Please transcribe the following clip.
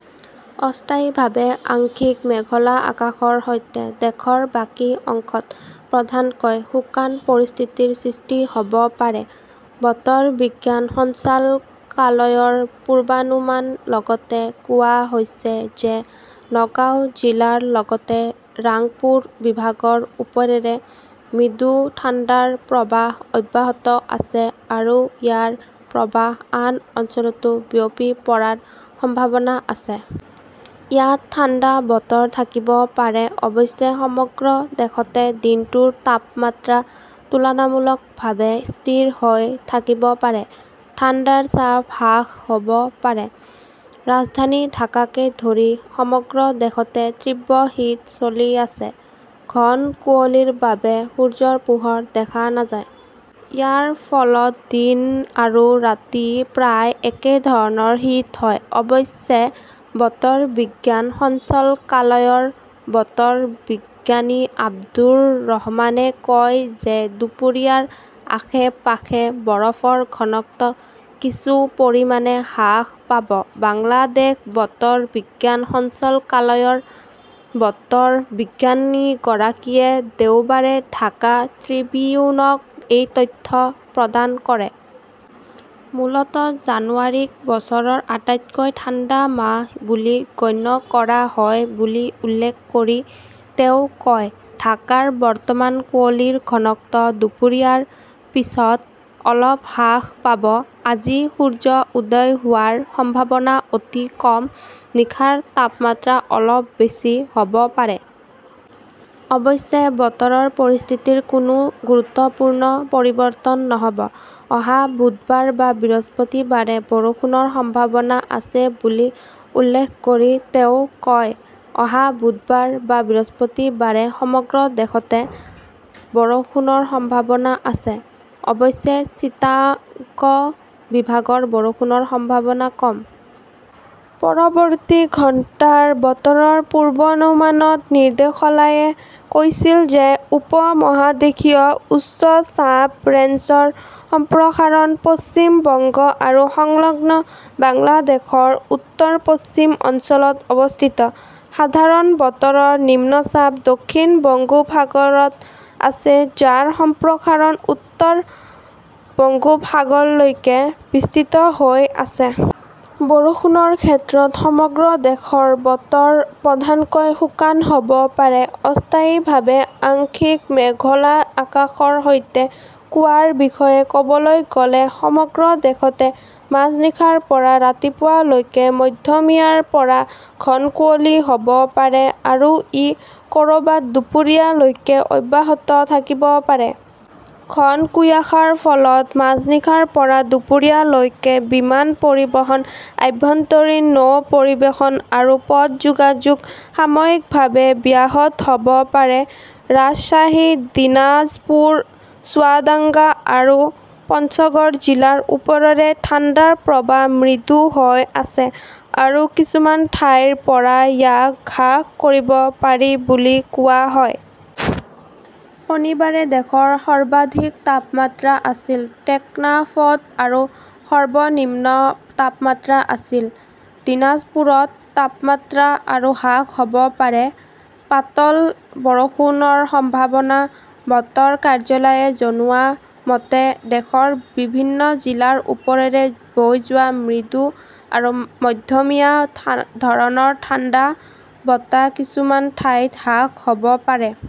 অস্থায়ীভাৱে আংশিক মেঘলা আকাশৰ সৈতে দেশৰ বাকী অংশত প্ৰধানকৈ শুকান পৰিস্থিতিৰ সৃষ্টি হ'ব পাৰে। বতৰ বিজ্ঞান সঞ্চালকালয়ৰ পূৰ্বানুমানত লগতে কোৱা হৈছে যে নগাওঁ জিলাৰ লগতে ৰাংপুৰ বিভাগৰ ওপৰেৰে মৃদু ঠাণ্ডাৰ প্ৰৱাহ অব্যাহত আছে আৰু ইয়াৰ প্ৰভাৱ আন অঞ্চলতো বিয়পি পৰাৰ সম্ভাৱনা আছে। ইয়াত ঠাণ্ডা বতৰ থাকিব পাৰে। অৱশ্যে সমগ্ৰ দেশতে দিনটোৰ তাপমাত্ৰা তুলনামূলকভাৱে স্থিৰ হৈ থাকিব পাৰে। ঠাণ্ডাৰ চাপ হ্ৰাস হ'ব পাৰে ৰাজধানী ঢাকাকে ধৰি সমগ্ৰ দেশতে তীব্ৰ শীত চলি আছে। ঘন কুঁৱলীৰ বাবে সূৰ্যৰ পোহৰ দেখা নাযায়। ইয়াৰ ফলত দিন আৰু ৰাতি প্ৰায় একেধৰণৰ শীত হয়। অৱশ্যে, বতৰ বিজ্ঞান সঞ্চালকালয়ৰ বতৰ বিজ্ঞানী আব্দুৰ ৰহমানে কয় যে দুপৰীয়াৰ আশে-পাশে বৰফৰ ঘনত্ব কিছু পৰিমাণে হ্ৰাস পাব। বাংলাদেশ বতৰ বিজ্ঞান সঞ্চালকালয়ৰ বতৰ বিজ্ঞানীগৰাকীয়ে দেওবাৰে ঢাকা ট্ৰিবিউনক এই তথ্য প্ৰদান কৰে। মূলতঃ জানুৱাৰীক বছৰৰ আটাইতকৈ ঠাণ্ডা মাহ বুলি গণ্য কৰা হয় বুলি উল্লেখ কৰি তেওঁ কয়, ঢাকাৰ বৰ্তমানৰ কুঁৱলীৰ ঘনত্ব দুপৰীয়াৰ পিছত অলপ হ্ৰাস পাব। আজি সূৰ্য উদয় হোৱাৰ সম্ভাৱনা অতি কম। নিশাৰ তাপমাত্ৰা অলপ বেছি হ'ব পাৰে। অৱশ্যে, বতৰৰ পৰিস্থিতিৰ কোনো গুৰুত্বপূৰ্ণ পৰিৱৰ্তন নহ'ব। "অহা বুধবাৰ বা বৃহস্পতিবাৰে বৰষুণৰ সম্ভাৱনা আছে বুলি উল্লেখ কৰি তেওঁ কয়", অহা বুধবাৰ বা বৃহস্পতিবাৰে সমগ্ৰ দেশতে বৰষুণৰ সম্ভাৱনা আছে। অৱশ্যে চিটাগং বিভাগৰ বৰষুণৰ সম্ভাৱনা কম। পৰৱৰ্তী ঘণ্টাৰ বতৰৰ পূৰ্বানুমানত, নিৰ্দেশালয়ে কৈছিল যে উপ-মহাদেশীয় উচ্চ চাপ ৰেঞ্জৰ সম্প্ৰসাৰণ পশ্চিম বংগ আৰু সংলগ্ন বাংলাদেশৰ উত্তৰ-পশ্চিম অঞ্চলত অৱস্থিত। সাধাৰণ বতৰৰ নিম্নচাপ দক্ষিণ বংগোপসাগৰত আছে, যাৰ সম্প্ৰসাৰণ উত্তৰ বংগোপসাগৰলৈকে বিস্তৃত হৈ আছে। বৰষুণৰ ক্ষেত্ৰত, সমগ্ৰ দেশৰ বতৰ প্ৰধানকৈ শুকান হ 'ব পাৰে, অস্থায়ীভাৱে আংশিক মেঘলা আকাশৰ সৈতে। কুৱাৰ বিষয়ে ক'বলৈ গ'লে, সমগ্ৰ দেশতে মাজনিশাৰ পৰা ৰাতিপুৱা লৈকে মধ্যমীয়াৰ পৰা ঘন কুঁৱলী হ'ব পাৰে আৰু ই ক'ৰবাত দুপৰীয়া লৈকে অব্যাহত থাকিব পাৰে। ঘন কুয়াশাৰ ফলত মাজনিশাৰ পৰা দুপৰীয়া লৈকে বিমান পৰিবহণ, আভ্যন্তৰীণ নৌ পৰিবহণ আৰু পথ যোগাযোগ সাময়িকভাৱে ব্যাহত হ'ব পাৰে। ৰাজশ্বাহী, দিনাজপুৰ, চুৱাদাঙ্গা আৰু পঞ্চগড় জিলাৰ ওপৰেৰে ঠাণ্ডাৰ প্ৰবাহ মৃদু হৈ আছে আৰু কিছুমান ঠাইৰ পৰা ইয়াক হ্ৰাস কৰিব পাৰি বুলি কোৱা হয়। শনিবাৰে দেশৰ সৰ্বাধিক তাপমাত্ৰা আছিল টেকনাফত আৰু সৰ্বনিম্ন তাপমাত্ৰা আছিল দিনাজপুৰত। তাপমাত্ৰা আৰু হ্ৰাস হ 'ব পাৰে, পাতল বৰষুণৰ সম্ভাৱনা বতৰ কাৰ্যালয়ে জনোৱা মতে, দেশৰ বিভিন্ন জিলাৰ ওপৰেৰে বৈ যোৱা মৃদু আৰু মধ্যমীয়া ধৰণৰ ঠাণ্ডা বতাহ কিছুমান ঠাইত হ্ৰাস হ'ব পাৰে।